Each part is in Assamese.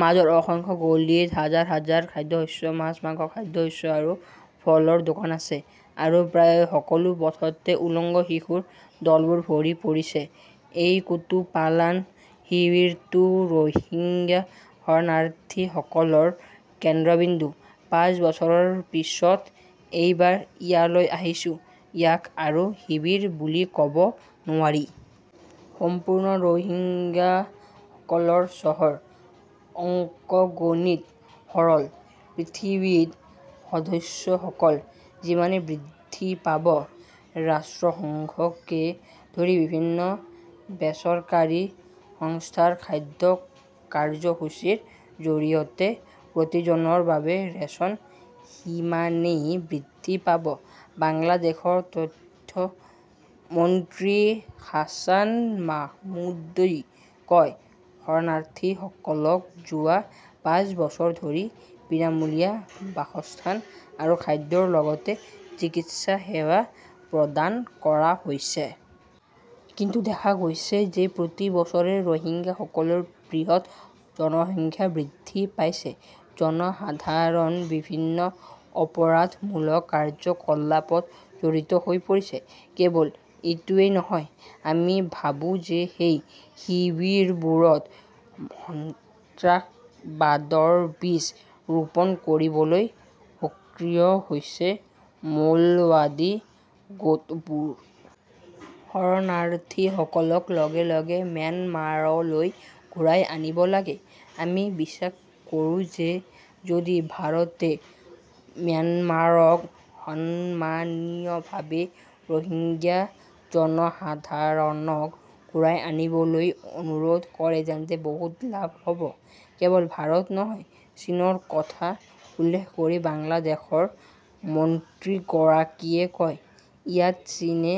মাজৰ অসংখ্য গলিত হাজাৰ হাজাৰ খাদ্যশস্য, মাছ-মাংস, খাদ্যশস্য আৰু ফলৰ দোকান আছে আৰু প্ৰায় সকলো পথতে উলংগ শিশুৰ দলবোৰ ভৰি পৰিছে। এই কুতুপালান শিবিৰটো ৰোহিংগ্যা শৰণাৰ্থীসকলৰ কেন্দ্ৰবিন্দু। পাঁচ বছৰৰ পিছত এইবাৰ ইয়ালৈ আহিছোঁ, ইয়াক আৰু শিবিৰ বুলি কব নোৱাৰি। সম্পূৰ্ণ ৰোহিংগাসকলৰ চহৰ। অংকগণিত সৰল। পৃথিৱীত সদস্যসকল যিমানে বৃদ্ধি পাব, ৰাষ্ট্ৰসংঘকে ধৰি বিভিন্ন বেচৰকাৰী সংস্থাৰ খাদ্য কাৰ্যসূচীৰ জৰিয়তে প্ৰতিজনৰ বাবে ৰেচন সিমানেই বৃদ্ধি পাব। বাংলাদেশৰ তথ্য মন্ত্ৰী হাছান মাহমুদই কয়, শৰণাৰ্থীসকলক যোৱা পাঁচ বছৰ ধৰি বিনামূলীয়া বাসস্থান আৰু খাদ্যৰ লগতে চিকিৎসা সেৱা প্ৰদান কৰা হৈছে। কিন্তু দেখা গৈছে যে প্ৰতি বছৰে ৰোহিংগাসকলৰ বৃহৎ জনসংখ্যা বৃদ্ধি পাইছে। জনসাধাৰণ বিভিন্ন অপৰাধমূলক কাৰ্যকলাপত জড়িত হৈ পৰিছে। কেৱল এইটোৱেই নহয়, আমি ভাবো যে সেই শিবিৰবোৰত সন্ত্ৰাসবাদৰ বীজ ৰোপণ কৰিবলৈ সক্ৰিয় হৈছে মৌলবাদী গোটবোৰ। শৰণাৰ্থীসকলক লগে লগে ম্যানমাৰলৈ ঘূৰাই আনিব লাগে। আমি বিশ্বাস কৰোঁ যে যদি ভাৰতে ম্যানমাৰক সন্মানীয়ভাৱে ৰোহিংগ্যা জনসাধাৰণক ঘূৰাই আনিবলৈ অনুৰোধ কৰে তেন্তে বহুত লাভ হ'ব। কেৱল ভাৰত নহয়, চীনৰ কথা উল্লেখ কৰি বাংলাদেশৰ মন্ত্ৰীগৰাকীয়ে কয়, ইয়াত চীনে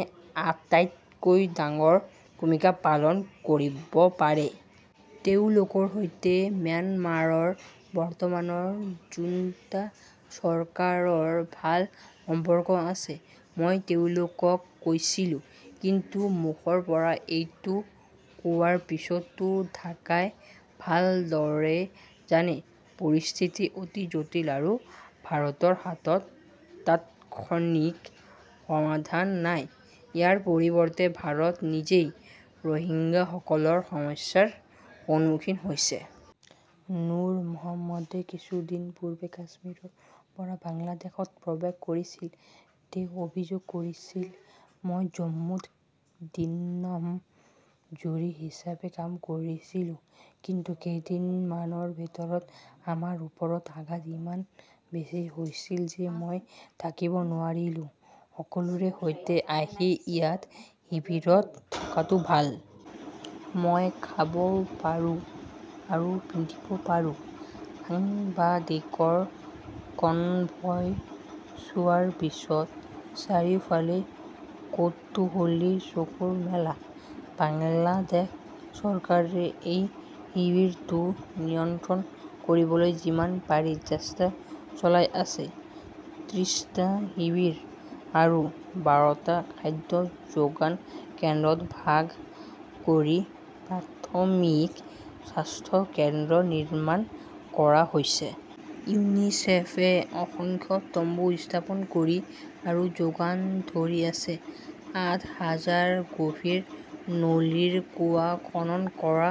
আটাইতকৈ ডাঙৰ ভূমিকা পালন কৰিব পাৰে। তেওঁলোকৰ সৈতে ম্যানমাৰৰ বৰ্তমানৰ জুন্টা চৰকাৰৰ ভাল সম্পৰ্ক আছে। মই তেওঁলোকক কৈছিলো। কিন্তু মুখৰ পৰা এইটো কোৱাৰ পিছতো ঢাকাই ভালদৰে জানে, পৰিস্থিতি অতি জটিল আৰু ভাৰতৰ হাতত তাৎক্ষণিক সমাধান নাই। ইয়াৰ পৰিৱৰ্তে ভাৰত নিজেই ৰোহিংগাসকলৰ সমস্যাৰ সন্মুখীন হৈছে। নুৰ মহম্মদে কিছুদিন পূৰ্বে কাশ্মীৰৰ পৰা বাংলাদেশত প্ৰৱেশ কৰিছিল। তেওঁ অভিযোগ কৰিছিল, মই জম্মুত দিনমজুৰি হিচাপে কাম কৰিছিলো। কিন্তু কেইদিনমানৰ ভিতৰত আমাৰ ওপৰত আঘাত ইমান বেছি হৈছিল যে মই থাকিব নোৱাৰিলো। সকলোৰে সৈতে আহি ইয়াত শিবিৰত থকাটো ভাল। মই খাব পাৰো আৰু পিন্ধিব পাৰো। সাংবাদিকৰ কনভয় চোৱাৰ পিছত চাৰিওফালে কৌতুহলী চকুৰ মেলা। বাংলাদেশ চৰকাৰে এই শিবিৰটো নিয়ন্ত্ৰণ কৰিবলৈ যিমান পাৰি চেষ্টা চলাই আছে। ত্ৰিশটা শিবিৰ আৰু বাৰটা খাদ্য যোগান কেন্দ্ৰত ভাগ কৰি প্ৰাথমিক স্বাস্থ্য কেন্দ্ৰ নিৰ্মাণ কৰা হৈছে। ইউনিছেফে অসংখ্য তম্বু স্থাপন কৰি আৰু যোগান ধৰি আছে। আঠ হাজাৰ গভীৰ নলীৰ কুঁৱা খনন কৰা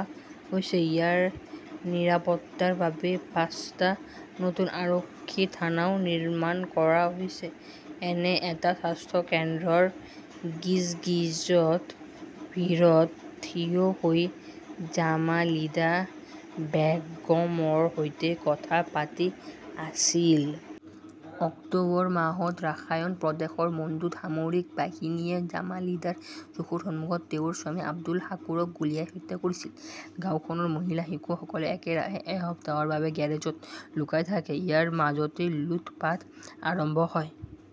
হৈছে। ইয়াৰ নিৰাপত্তাৰ বাবে পাঁচটা নতুন আৰক্ষী থানাও নিৰ্মাণ কৰা হৈছে। এনে এটা স্বাস্থ্য কেন্দ্ৰৰ গিজগিজত ভীৰত থিয় হৈ জামালিদা বেগমৰ সৈতে কথা পাতি আছিল। অক্টোবৰ মাহত ৰাখাইন প্ৰদেশৰ মণ্ডুত সামৰিক বাহিনীয়ে জামালিদাৰ চকুৰ সন্মুখত তেওঁৰ স্বামী আব্দুল শাকুৰক গুলীয়াই হত্যা কৰিছিল। গাওঁখনৰ মহিলা-শিশুসকলে একেৰাহে এসপ্তাহৰ বাবে গেৰেজত লুকাই থাকে। ইয়াৰ মাজতে লুটপাট আৰম্ভ হয়।